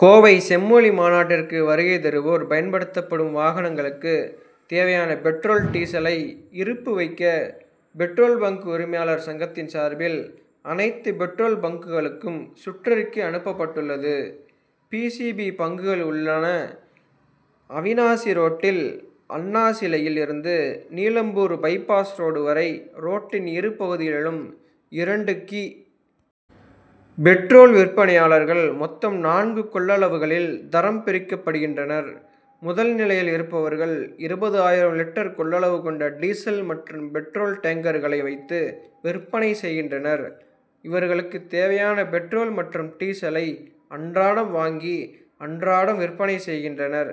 கோவை செம்மொழி மாநாட்டிற்கு வருகை தருவோர் பயன்படுத்தப்படும் வாகனங்களுக்கு தேவையான பெட்ரோல், டீசலை இருப்பு வைக்க பெட்ரோல் பங்க் உரிமையாளர் சங்கத்தின் சார்பில் அனைத்து பெட்ரோல் பங்க்குகளுக்கும் சுற்றறிக்கை அனுப்பப்பட்டுள்ளது. பி. சி. பி.பங்குகள் உள்ளன. அவிநாசி ரோட்டில் அண்ணாசிலையில் இருந்து நீலம்பூர் பை பாஸ் ரோடு வரை ரோட்டின் இரு பகுதிகளிலும், இரண்டு கி. பெட்ரோல் விற்பனையாளர்கள் மொத்தம் நான்கு கொள்ளளவுகளில் தரம் பிரிக்கப்படுகின்றனர். முதல் நிலையில் இருப்பவர்கள் இருபதாயிரம் லிட்டர் கொள்ளளவு கொண்ட டீசல் மற்றும் பெட்ரோல் டேங்கர்களை வைத்து விற்பனை செய்கின்றனர். இவர்களுக்கு தேவையான பெட்ரோல் மற்றும் டீசலை அன்றாடம் வாங்கி அன்றாடம் விற்பனை செய்கின்றனர்.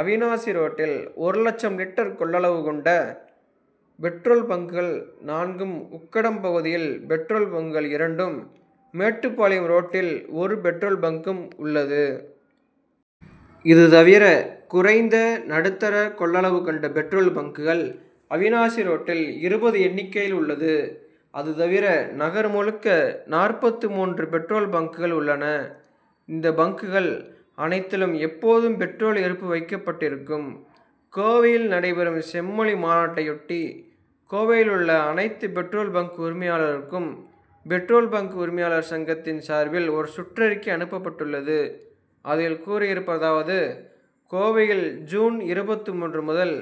அவிநாசி ரோட்டில் ஒரு லட்சம் லிட்டர் கொள்ளளவு கொண்ட பெட்ரோல் பங்குகள் நான்கும், உக்கடம் பகுதியில் பெட்ரோல் பங்குகள் இரண்டும், மேட்டுப்பாளையம் ரோட்டில் ஒரு பெட்ரோல் பங்கும் உள்ளது. இது தவிர குறைந்த, நடுத்தர கொள்ளளவு கொண்ட பெட்ரோல் பங்குகள் அவிநாசிரோட்டில் இருபது எண்ணிக்கையில் உள்ளது. அது தவிர நகர் முழுக்க நாற்பத்து மூன்று பெட்ரோல் பங்குகள் உள்ளன. இந்த பங்குகள் அனைத்திலும் எப்போதும் பெட்ரோல் இருப்பு வைக்கப்பட்டிருக்கும். கோவையில் நடைபெறும் செம்மொழி மாநாட்டையொட்டி கோவையில் உள்ள அனைத்து பெட்ரோல் பங்க் உரிமையாளருக்கும், பெட்ரோல் பங்க் உரிமையாளர் சங்கத்தின் சார்பில் ஒரு சுற்றறிக்கை அனுப்பப்பட்டுள்ளது அதில் கூறியிருப்பதாவது: கோவையில் ஜூன் இருபத்துமூன்று முதல்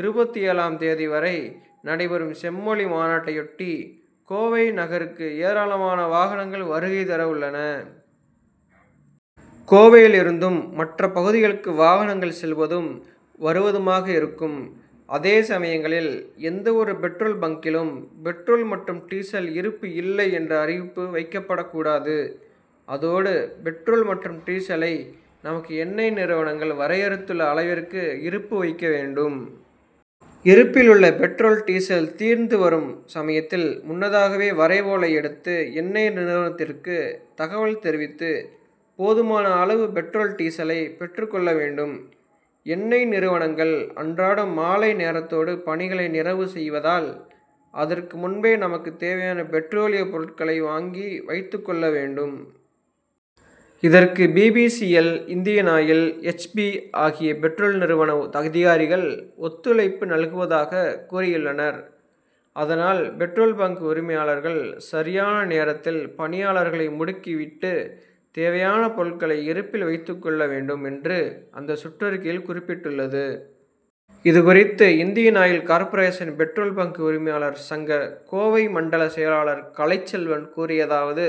இருபத்தேழாம் தேதி வரை நடைபெறும் செம்மொழி மாநாட்டையொட்டி, கோவை நகருக்கு ஏராளமான வாகனங்கள் வருகை தர உள்ளன. கோவையில் இருந்தும் மற்ற பகுதிகளுக்கு வாகனங்கள் செல்வதும் வருவதுமாக இருக்கும். அதே சமயங்களில் எந்த ஒரு பெட்ரோல் பங்க்கிலும் பெட்ரோல் மற்றும் டீசல் இருப்பு இல்லை என்ற அறிவிப்பு வைக்கப்படக்கூடாது. அதோடு பெட்ரோல் மற்றும் டீசலை நமக்கு எண்ணெய் நிறுவனங்கள் வரையறுத்துள்ள அளவிற்கு இருப்பு வைக்க வேண்டும். இருப்பிலுள்ள பெட்ரோல், டீசல் தீர்ந்து வரும் சமயத்தில் முன்னதாகவே வரைவோலை எடுத்து எண்ணெய் நிறுவனத்திற்கு தகவல் தெரிவித்து போதுமான அளவு பெட்ரோல் டீசலை பெற்றுக்கொள்ள வேண்டும். எண்ணெய் நிறுவனங்கள் அன்றாடம் மாலை நேரத்தோடு பணிகளை நிறவு செய்வதால், அதற்கு முன்பே நமக்கு தேவையான பெட்ரோலிய பொருட்களை வாங்கி வைத்துக் கொள்ளவேண்டும். இதற்கு B. P. C. L., Indian Oil, H. P., ஆகிய பெட்ரோலிய நிறுவன அதிகாரிகள் ஒத்துழைப்பு நல்குவதாக கூறியுள்ளனர். அதனால் பெட்ரோல் பங்க் உரிமையாளர்கள் சரியான நேரத்தில் பணியாளர்களை முடுக்கிவிட்டு தேவையான பொருட்களை இருப்பில் வைத்துக்கொள்ள வேண்டும், என்று அந்த சுற்றறிக்கையில் குறிப்பிட்டுள்ளது. இது குறித்து Indian Oil Corporation petrol bunk உரிமையாளர் சங்க, கோவை மண்டல செயலாளர் கலைச்செல்வன் கூறியதாவது: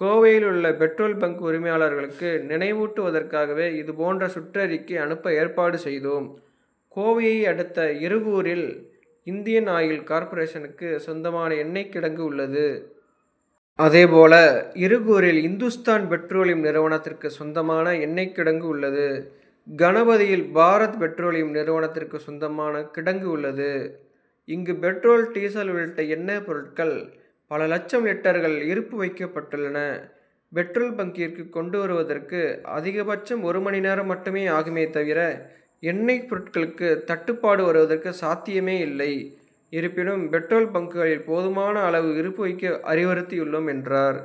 கோவையில் உள்ள பெட்ரோல் பங்க் உரிமையாளர்களுக்கு நினைவூட்டுவதற்காகவே இது போன்ற சுற்றறிக்கை அனுப்ப ஏற்பாடுசெய்தோம். கோவையை அடுத்த இருகூரில் இந்தியன் ஆயில் கார்ப்ரேஷனுக்கு சொந்தமான எண்ணெய்கிடங்கு உள்ளது. அதே போல இருகூரில் இந்துஸ்தான் பெட்ரோலியம் நிறுவனத்திற்கு சொந்தமான எண்ணெய் கிடங்கு உள்ளது. கணபதியில் பாரத்பெட்ரோலியம் நிறுவனத்திற்கு சொந்தமான கிடங்கு உள்ளது. இங்கு பெட்ரோல், டீசல் உள்ளிட்ட எண்ணெய் பொருட்கள் பல லட்சம் லிட்டர்கள் இருப்பு வைக்கப்பட்டுள்ளன. பெட்ரோல் பங்க்கிற்கு கொண்டு வருவதற்கு அதிகபட்சம் ஒரு மணி நேரம் மட்டுமே ஆகுமே தவிர, எண்ணெய் பொருட்களுக்கு தட்டுப்பாடு வருவதற்கு சாத்தியமே இல்லை. இருப்பினும் பெட்ரோல் பங்க்குகளில் போதுமான அளவு இருப்பு வைக்க அறிவுறுத்தியுள்ளோம் என்றார்.